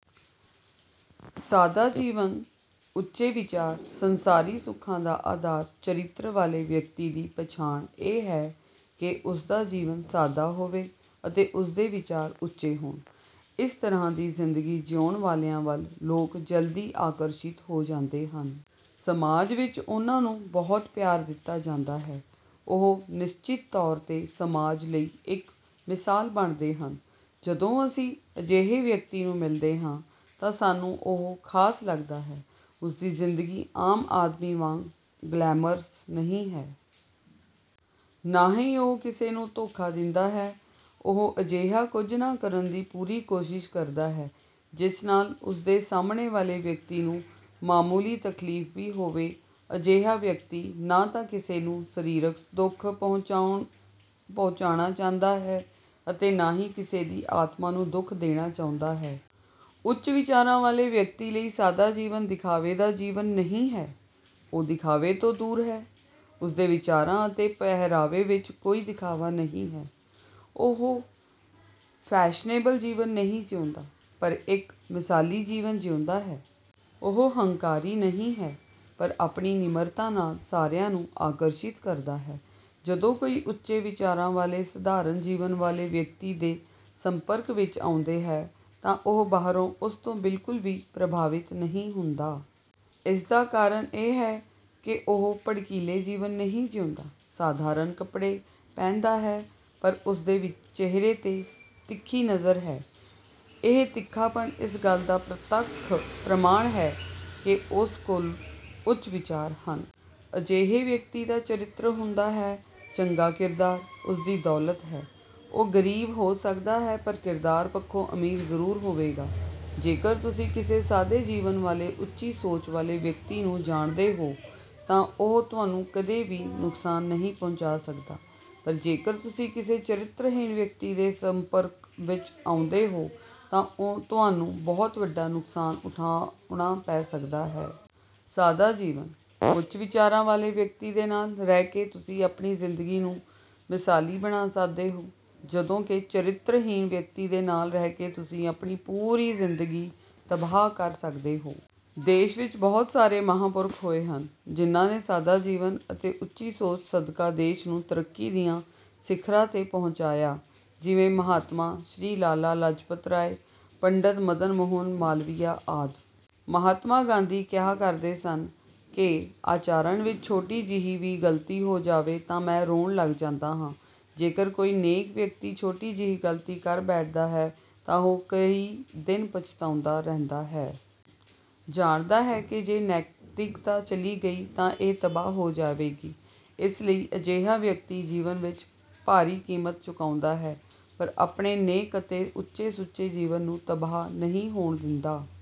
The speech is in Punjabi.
ਸਾਦਾ ਜੀਵਨ, ਉੱਚੇ ਵਿਚਾਰ, ਸੰਸਾਰੀ ਸੁੱਖਾਂ ਦਾ ਆਧਾਰ ਚਰਿੱਤਰ ਵਾਲੇ ਵਿਅਕਤੀ ਦੀ ਪਛਾਣ ਇਹ ਹੈ ਕਿ ਉਸ ਦਾ ਜੀਵਨ ਸਾਦਾ ਹੋਵੇ ਅਤੇ ਉਸ ਦੇ ਵਿਚਾਰ ਉੱਚੇ ਹੋਣ। ਇਸ ਤਰ੍ਹਾਂ ਦੀ ਜ਼ਿੰਦਗੀ ਜੀਉਣ ਵਾਲਿਆਂ ਵੱਲ ਲੋਕ ਜਲਦੀ ਆਕਰਸ਼ਿਤ ਹੋ ਜਾਂਦੇ ਹਨ। ਸਮਾਜ ਵਿੱਚ ਉਨ੍ਹਾਂ ਨੂੰ ਬਹੁਤ ਪਿਆਰ ਦਿੱਤਾ ਜਾਂਦਾ ਹੈ। ਉਹ ਨਿਸ਼ਚਿਤ ਤੌਰ 'ਤੇ ਸਮਾਜ ਲਈ ਇੱਕ ਮਿਸਾਲ ਬਣਦੇ ਹਨ। ਜਦੋਂ ਅਸੀਂ ਅਜਿਹੇ ਵਿਅਕਤੀ ਨੂੰ ਮਿਲਦੇ ਹਾਂ, ਤਾਂ ਸਾਨੂੰ ਉਹ ਖਾਸ ਲੱਗਦਾ ਹੈ। ਉਸ ਦੀ ਜ਼ਿੰਦਗੀ ਆਮ ਆਦਮੀ ਵਾਂਗ ਗਲੈਮਰਸ ਨਹੀਂ ਹੈ। ਨਾ ਹੀ ਉਹ ਕਿਸੇ ਨੂੰ ਧੋਖਾ ਦਿੰਦਾ ਹੈ। ਉਹ ਅਜਿਹਾ ਕੁਝ ਨਾ ਕਰਨ ਦੀ ਪੂਰੀ ਕੋਸ਼ਿਸ਼ ਕਰਦਾ ਹੈ ਜਿਸ ਨਾਲ ਉਸ ਦੇ ਸਾਹਮਣੇ ਵਾਲੇ ਵਿਅਕਤੀ ਨੂੰ ਮਾਮੂਲੀ ਤਕਲੀਫ ਵੀ ਹੋਵੇ। ਅਜਿਹਾ ਵਿਅਕਤੀ ਨਾ ਤਾਂ ਕਿਸੇ ਨੂੰ ਸਰੀਰਕ ਦੁੱਖ ਪਹੁੰਚਾਉਣਾ ਚਾਹੁੰਦਾ ਹੈ ਅਤੇ ਨਾ ਹੀ ਕਿਸੇ ਦੀ ਆਤਮਾ ਨੂੰ ਦੁੱਖ ਦੇਣਾ ਚਾਹੁੰਦਾ ਹੈ। ਉੱਚ ਵਿਚਾਰਾਂ ਵਾਲੇ ਵਿਅਕਤੀ ਲਈ ਸਾਦਾ ਜੀਵਨ ਦਿਖਾਵੇ ਦਾ ਜੀਵਨ ਨਹੀਂ ਹੈ। ਉਹ ਦਿਖਾਵੇ ਤੋਂ ਦੂਰ ਹੈ। ਉਸ ਦੇ ਵਿਚਾਰਾਂ ਅਤੇ ਪਹਿਰਾਵੇ ਵਿਚ ਕੋਈ ਦਿਖਾਵਾ ਨਹੀਂ ਹੈ। ਉਹ ਫੈਸ਼ਨੇਬਲ ਜੀਵਨ ਨਹੀਂ ਜੀਉਂਦਾ ਪਰ ਇੱਕ ਮਿਸਾਲੀ ਜੀਵਨ ਜਿਉਂਦਾ ਹੈ। ਉਹ ਹੰਕਾਰੀ ਨਹੀਂ ਹੈ ਪਰ ਆਪਣੀ ਨਿਮਰਤਾ ਨਾਲ ਸਾਰਿਆਂ ਨੂੰ ਆਕਰਸ਼ਿਤ ਕਰਦਾ ਹੈ। ਜਦੋਂ ਕੋਈ ਉੱਚੇ ਵਿਚਾਰਾਂ ਵਾਲੇ ਸਧਾਰਨ ਜੀਵਨ ਵਾਲੇ ਵਿਅਕਤੀ ਦੇ ਸੰਪਰਕ ਵਿੱਚ ਆਉਂਦਾ ਹੈ, ਤਾਂ ਉਹ ਬਾਹਰੋਂ ਉਸ ਤੋਂ ਬਿਲਕੁਲ ਵੀ ਪ੍ਰਭਾਵਿਤ ਨਹੀਂ ਹੁੰਦਾ। ਇਸ ਦਾ ਕਾਰਨ ਇਹ ਹੈ ਕਿ ਉਹ ਭੜਕੀਲੇ ਜੀਵਨ ਨਹੀਂ ਜੀਉਂਦਾ। ਸਧਾਰਨ ਕੱਪੜੇ ਪਹਿਨਦਾ ਹੈ ਪਰ ਉਸ ਦੇ ਚਿਹਰੇ 'ਤੇ ਤਿੱਖੀ ਨਜ਼ਰ ਹੈ। ਇਹ ਤਿੱਖਾਪਣ ਇਸ ਗੱਲ ਦਾ ਪ੍ਰਤੱਖ ਪ੍ਰਮਾਣ ਹੈ ਕਿ ਉਸ ਕੋਲ ਉੱਚ ਵਿਚਾਰ ਹਨ। ਅਜਿਹੇ ਵਿਅਕਤੀ ਦਾ ਚਰਿੱਤਰ ਹੁੰਦਾ ਹੈ। ਚੰਗਾ ਕਿਰਦਾਰ ਉਸ ਦੀ ਦੌਲਤ ਹੈ। ਉਹ ਗਰੀਬ ਹੋ ਸਕਦਾ ਹੈ ਪਰ ਕਿਰਦਾਰ ਪੱਖੋਂ ਅਮੀਰ ਜ਼ਰੂਰ ਹੋਵੇਗਾ। ਜੇਕਰ ਤੁਸੀਂ ਕਿਸੇ ਸਾਦੇ ਜੀਵਨ ਵਾਲੇ ਉੱਚੀ ਸੋਚ ਵਾਲੇ ਵਿਅਕਤੀ ਨੂੰ ਜਾਣਦੇ ਹੋ ਤਾਂ ਉਹ ਤੁਹਾਨੂੰ ਕਦੇ ਵੀ ਨੁਕਸਾਨ ਨਹੀਂ ਪਹੁੰਚਾ ਸਕਦਾ ਪਰ ਜੇਕਰ ਤੁਸੀਂ ਕਿਸੇ ਚਰਿੱਤਰਹੀਣ ਵਿਅਕਤੀ ਦੇ ਸੰਪਰਕ ਵਿੱਚ ਆਉਂਦੇ ਹੋ ਤਾਂ ਤੁਹਾਨੂੰ ਬਹੁਤ ਵੱਡਾ ਨੁਕਸਾਨ ਉਠਾਉਣਾ ਪੈ ਸਕਦਾ ਹੈ। ਸਾਦਾ ਜੀਵਨ: ਉੱਚ ਵਿਚਾਰਾਂ ਵਾਲੇ ਵਿਅਕਤੀ ਦੇ ਨਾਲ ਰਹਿ ਕੇ ਤੁਸੀਂ ਆਪਣੀ ਜ਼ਿੰਦਗੀ ਨੂੰ ਮਿਸਾਲੀ ਬਣਾ ਸਕਦੇ ਹੋ ਜਦੋਂ ਕਿ ਚਰਿੱਤਰਹੀਣ ਵਿਅਕਤੀ ਦੇ ਨਾਲ ਰਹਿ ਕੇ ਤੁਸੀਂ ਆਪਣੀ ਪੂਰੀ ਜ਼ਿੰਦਗੀ ਤਬਾਹ ਕਰ ਸਕਦੇ ਹੋ। ਦੇਸ਼ ਵਿੱਚ ਬਹੁਤ ਸਾਰੇ ਮਹਾਪੁਰਖ ਹੋਏ ਹਨ, ਜਿਨ੍ਹਾਂ ਨੇ ਸਾਦਾ ਜੀਵਨ ਅਤੇ ਉੱਚੀ ਸੋਚ ਸਦਕਾ ਦੇਸ਼ ਨੂੰ ਤਰੱਕੀ ਦੀਆਂ ਸਿਖਰਾਂ 'ਤੇ ਪਹੁੰਚਾਇਆ। ਜਿਵੇਂ ਮਹਾਤਮਾ ਸ਼੍ਰੀ ਲਾਲਾ ਲਾਜਪਤ ਰਾਏ, ਪੰਡਿਤ ਮਦਨ ਮੋਹਨ ਮਾਲਵੀਆ ਆਦਿ। ਮਹਾਤਮਾ ਗਾਂਧੀ ਕਿਹਾ ਕਰਦੇ ਸਨ ਕਿ ਆਚਰਣ ਵਿੱਚ ਛੋਟੀ ਜਿਹੀ ਵੀ ਗਲਤੀ ਹੋ ਜਾਵੇ ਤਾਂ ਮੈਂ ਰੋਣ ਲੱਗ ਜਾਂਦਾ ਹਾਂ। ਜੇਕਰ ਕੋਈ ਨੇਕ ਵਿਅਕਤੀ ਛੋਟੀ ਜਿਹੀ ਗਲਤੀ ਕਰ ਬੈਠਦਾ ਹੈ, ਤਾਂ ਉਹ ਕਈ ਦਿਨ ਪਛਤਾਉਂਦਾ ਰਹਿੰਦਾ ਹੈ। ਜਾਣਦਾ ਹੈ ਕਿ ਜੇ ਨੈਤਿਕਤਾ ਚਲੀ ਗਈ ਤਾਂ ਇਹ ਤਬਾਹ ਹੋ ਜਾਵੇਗੀ। ਇਸ ਲਈ ਅਜਿਹਾ ਵਿਅਕਤੀ ਜੀਵਨ ਵਿੱਚ ਭਾਰੀ ਕੀਮਤ ਚੁਕਾਉਂਦਾ ਹੈ ਪਰ ਆਪਣੇ ਨੇਕ ਅਤੇ ਉੱਚੇ-ਸੁੱਚੇ ਜੀਵਨ ਨੂੰ ਤਬਾਹ ਨਹੀਂ ਹੋਣ ਦਿੰਦਾ।